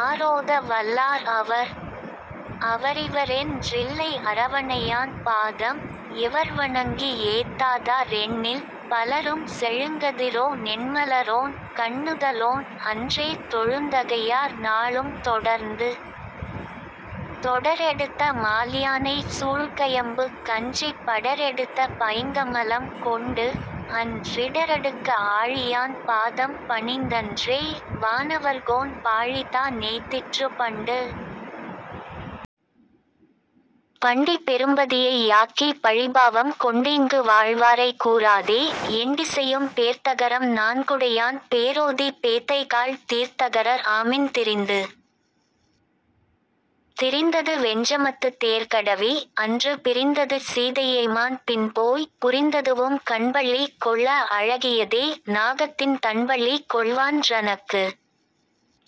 ஆரோத வல்லார் அவர்? அவரிவரென் றில்லை அரவணையான் பாதம், எவர்வணங்கி யேத்தாதா ரெண்ணில், பலரும் செழுங்கதிரோ னெண்மலரோன் கண்ணுதலோன் அன்றே தொழுந்தகையார் நாளும் தொடர்ந்து? தொடரெடுத்த மால்யானை சூழ்கயம்புக் கஞ்சிப் படரெடுத்த பைங்கமலம் கொண்டு, அன் றிடரடுக்க ஆழியான் பாதம் பணிந்தன்றே, வானவர்கோன் பாழிதா னெய்திற்றுப் பண்டு? பண்டிப் பெரும்பதியை யாக்கி பழிபாவம் கொண்டுஇங்கு வாழ்வாரைக் கூறாதே, எண்டிசையும் பேர்த்தகரம் நான்குடையான் பேரோதிப் பேதைகாள் தீர்த்தகரர் ஆமின் திரிந்து. திரிந்தது வெஞ்சமத்துத் தேர்கடவி, அன்று பிரிந்தது சீதையைமான் பின்போய், புரிந்ததுவும் கண்பள்ளி கொள்ள அழகியதே, நாகத்தின் தண்பள்ளி கொள்வான் றனக்கு.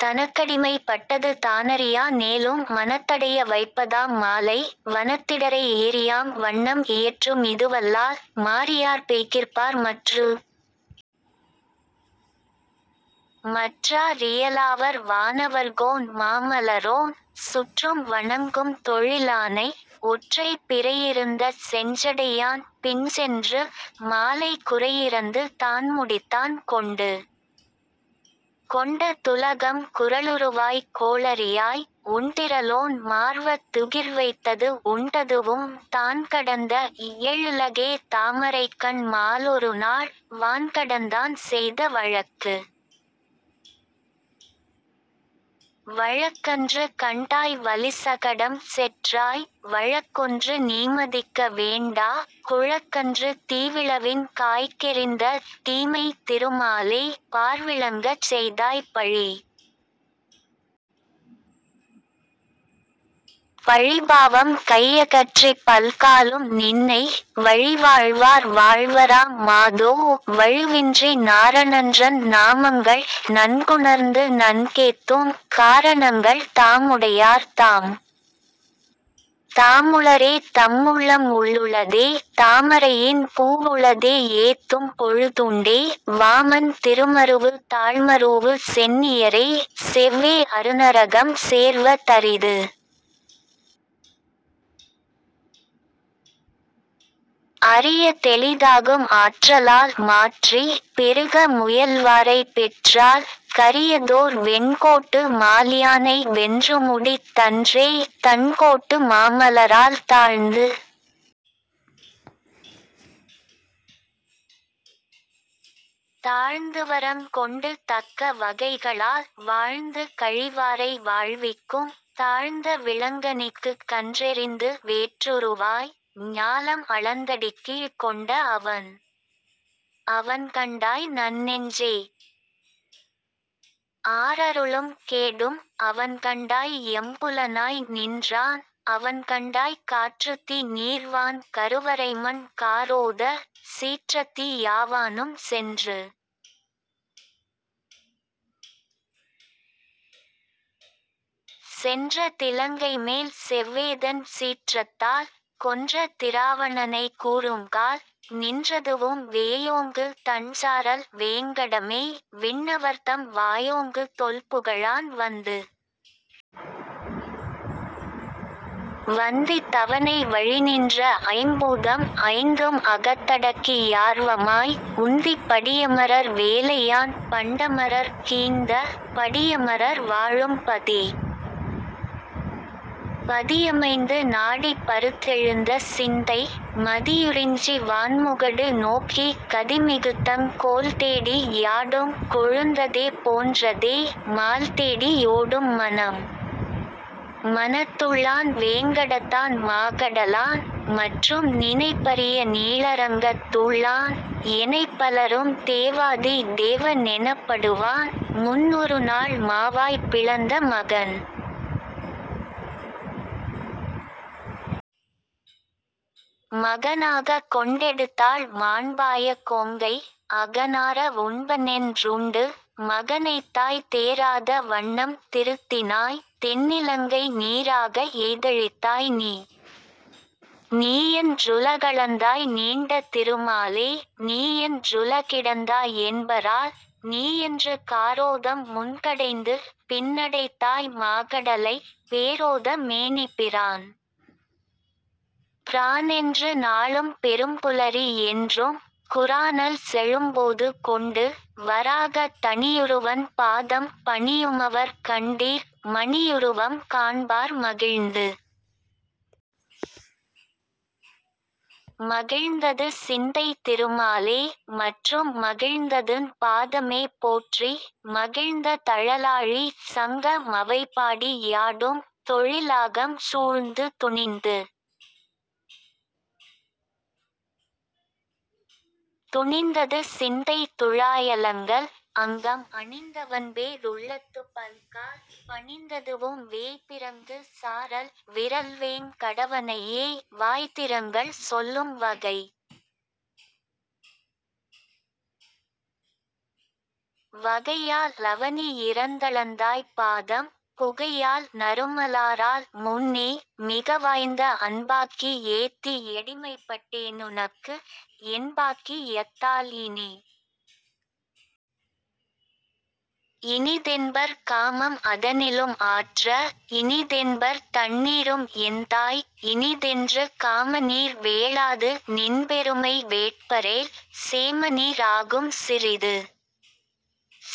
தனக்கடிமை பட்டது தானறியா னேலும் மனத்தடைய வைப்பதாம் மாலை, வனத்திடரை ஏரியாம் வண்ணம் இயற்று மிதுவல்லால், மாரியார் பெய்கிற்பார் மற்று? மற்றா ரியலாவர் வானவர்கோன் மாமலரோன், சுற்றும் வணங்கும் தொழிலானை, ஒற்றைப் பிறையிருந்த செஞ்சடையான் பிஞ்சென்று, மாலைக் குறையிரந்து தான்முடித்தான் கொண்டு. கொண்ட துலகம் குறளுருவாய்க் கோளரியாய், ஒண்டிறலோன் மார்வத் துகிர்வைத்தது உண்டதுவும் தான்கடந்த ஏழுலகே தாமரைக்கண் மாலொருநாள், வான்கடந்தான் செய்த வழக்கு. வழக்கன்று கண்டாய் வலிசகடம் செற்றாய், வழக்கொன்று நீமதிக்க வேண்டா, குழக்கன்று தீவிளவின் காய்க்கெறிந்த தீமை திருமாலே, பார்விளங்கச் செய்தாய் பழி. பழிபாவம் கையகற்றிப் பல்காலும் நின்னை, வழிவாழ்வார் வாழ்வராம் மாதோ, வழுவின்றி நாரணன்றன் நாமங்கள் நன்குணர்ந்து நன்கேத்தும், காரணங்கள் தாமுடையார் தாம். தாமுளரே தம்முள்ளம் உள்ளுளதே, தாமரையின் பூவுளதே யேத்தும் பொழுதுண்டே, வாமன் திருமருவு தாள்மரூவு சென்னியரே, செவ்வே அருநரகம் சேர்வ தரிது. அரிய தெளிதாகும் ஆற்றலால் மாற்றி, பெருக முயல்வாரைப் பெற்றால், கரியதோர் வெண்கோட்டு மால்யானை வென்றுமுடித் தன்றே, தண்கோட்டு மாமலரால் தாழ்ந்து? தாழ்ந்துவரங் கொண்டு தக்க வகைகளால் வாழ்ந்து கழிவாரை வாழ்விக்கும், தாழ்ந்த விளங்கனிக்குக் கன்றெறிந்து வேற்றுருவாய், ஞாலம் அளந்தடிக்கீழ்க் கொண்ட அவன். அவன்கண்டாய் நன்னெஞ்சே. ஆரருளும் கேடும், அவன்கண்டா யைம்புலனாய் நின்றான், அவன்கண்டாய் காற்றுத்தீ நீர்வான் கருவரைமண் காரோத, சீற்றத்தீ யாவானும் சென்று. சென்ற திலங்கைமேல் செவ்வேதன் சீற்றத்தால், கொன்ற திராவணனைக் கூறுங்கால், நின்றதுவும் வேயோங்கு தண்சாரல் வேங்கடமே, விண்ணவர்தம் வாயோங்கு தொல்புகழான் வந்து. வந்தித் தவனை வழிநின்ற ஐம்பூதம் ஐந்தும் அகத்தடக்கி யார்வமாய், உந்திப் படியமரர் வேலையான் பண்டமரர்க் கீந்த, படியமரர் வாழும் பதி. பதியமைந்து நாடிப் பருத்தெழுந்த சிந்தை, மதியுரிஞ்சி வான்முகடு நோக்கி கதிமிகுத்தங் கோல்தேடி யாடும் கொழுந்ததே போன்றதே, மால்தேடி யோடும் மனம். மனத்துள்ளான் வேங்கடத்தான் மாகடலான், மற்றும் நினைப்பரிய நீளரங்கத் துள்ளான், எனைப்பலரும் தேவாதி தேவ னெனப்படுவான், முன்னொருனாள் மாவாய் பிளந்த மகன். மகனாகக் கொண்டெடுத்தாள் மாண்பாய கொங்கை, அகனார வுண்பனென் றுண்டு, மகனைத்தாய் தேறாத வண்ணம் திருத்தினாய், தென்னிலங்கை நீறாக எய்தழித்தாய் நீ. நீயன் றுலகளந்தாய் நீண்ட திருமாலே, நீயன் றுலகிடந்தா யென்பரால், நீயன்று காரோதம் முன்கடைந்து பின்னடைத்தாய் மாகடலை, பேரோத மேனிப் பிரான். பிரானென்று நாளும் பெரும்புலரி யென்றும், குராநல் செழும்போது கொண்டு, வராகத் தணியுருவன் பாதம் பணியுமவர் கண்டீர், மணியுருவம் காண்பார் மகிழ்ந்து. மகிழ்ந்தது சிந்தை திருமாலே, மற்றும் மகிழ்ந்ததுன் பாதமே போற்றி, மகிழ்ந்த தழலாழி சங்க மவைபாடி யாடும், தொழிலாகம் சூழ்ந்து துணிந்து. துணிந்தது சிந்தை துழாயலங்கல், அங்கம் அணிந்தவன்பே ருள்ளத்துப் பல்கால், பணிந்ததுவும் வேய்பிறங்கு சாரல் விறல்வேங் கடவனையே, வாய்திறங்கள் சொல்லும் வகை. வகையா லவனி யிரந்தளந்தாய் பாதம், புகையால் நறுமலாரால் முன்னே, மிகவாய்ந்த அன்பாக்கி யேத்தி யடிமைப்பட்டேனுனக்கு, என்பாக்கி யத்தால் இனி. இனிதென்பர் காமம் அதனிலும் ஆற்ற, இனிதென்பர் தண்ணீரும் எந்தாய், இனிதென்று காமநீர் வேளாது நின்பெருமை வேட்பரேல், சேமநீ ராகும் சிறிது.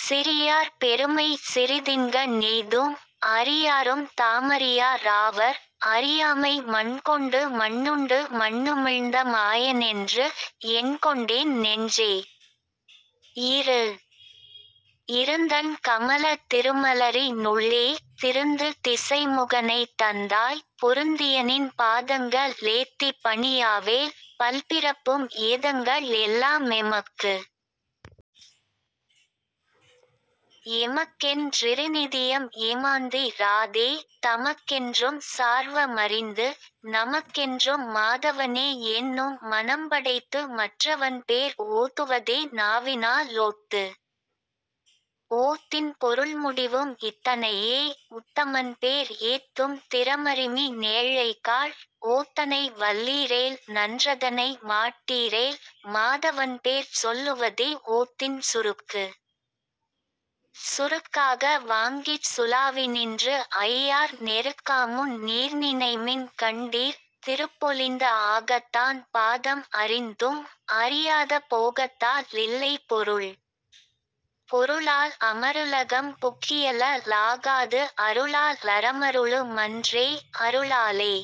சிறியார் பெருமை சிறிதின்க ணெய்தும், அறியாரும் தாமறியா ராவர், அறியாமை மண்கொண்டு மண்ணுண்டு மண்ணுமிழ்ந்த மாயனென்று, எண்கொண்டேன் னெஞ்சே. இரு. இருந்தண் கமலத் திருமலரி னுள்ளே, திருந்து திசைமுகனைத் தந்தாய், பொருந்தியநின் பாதங்க ளேத்திப் பணியாவேல், பல்பிறப்பும் ஏதங்க ளெல்லா மெமக்கு. எமக்கென் றிருநிதியம் ஏமாந்தி ராதே, தமக்கென்றும் சார்வ மறிந்து, நமக்கென்றும் மாதவனே யென்னும் மனம்படைத்து மற்றவன்பேர் ஓதுவதே நாவினா லோத்து. ஓத்தின் பொருள்முடிவும் இத்தனையே, உத்தமன்பேர் ஏத்தும் திறமறிமி னேழைகாள், ஓத்தனை வல்லீரேல் நன்றதனை மாட்டீரேல், மாதவன்பேர் சொல்லுவதே ஓத்தின் சுருக்கு. சுருக்காக வாங்கிச் சுலாவினின்று ஐயார் நெருக்காமுன் நீர்நினைமின் கண்டீர், திருப்பொலிந்த ஆகத்தான் பாதம் அறிந்தும், அறியாத போகத்தா லில்லை பொருள். பொருளால் அமருலகம் புக்கியல லாகாது அருளா லறமருளு மன்றே, அருளாலே।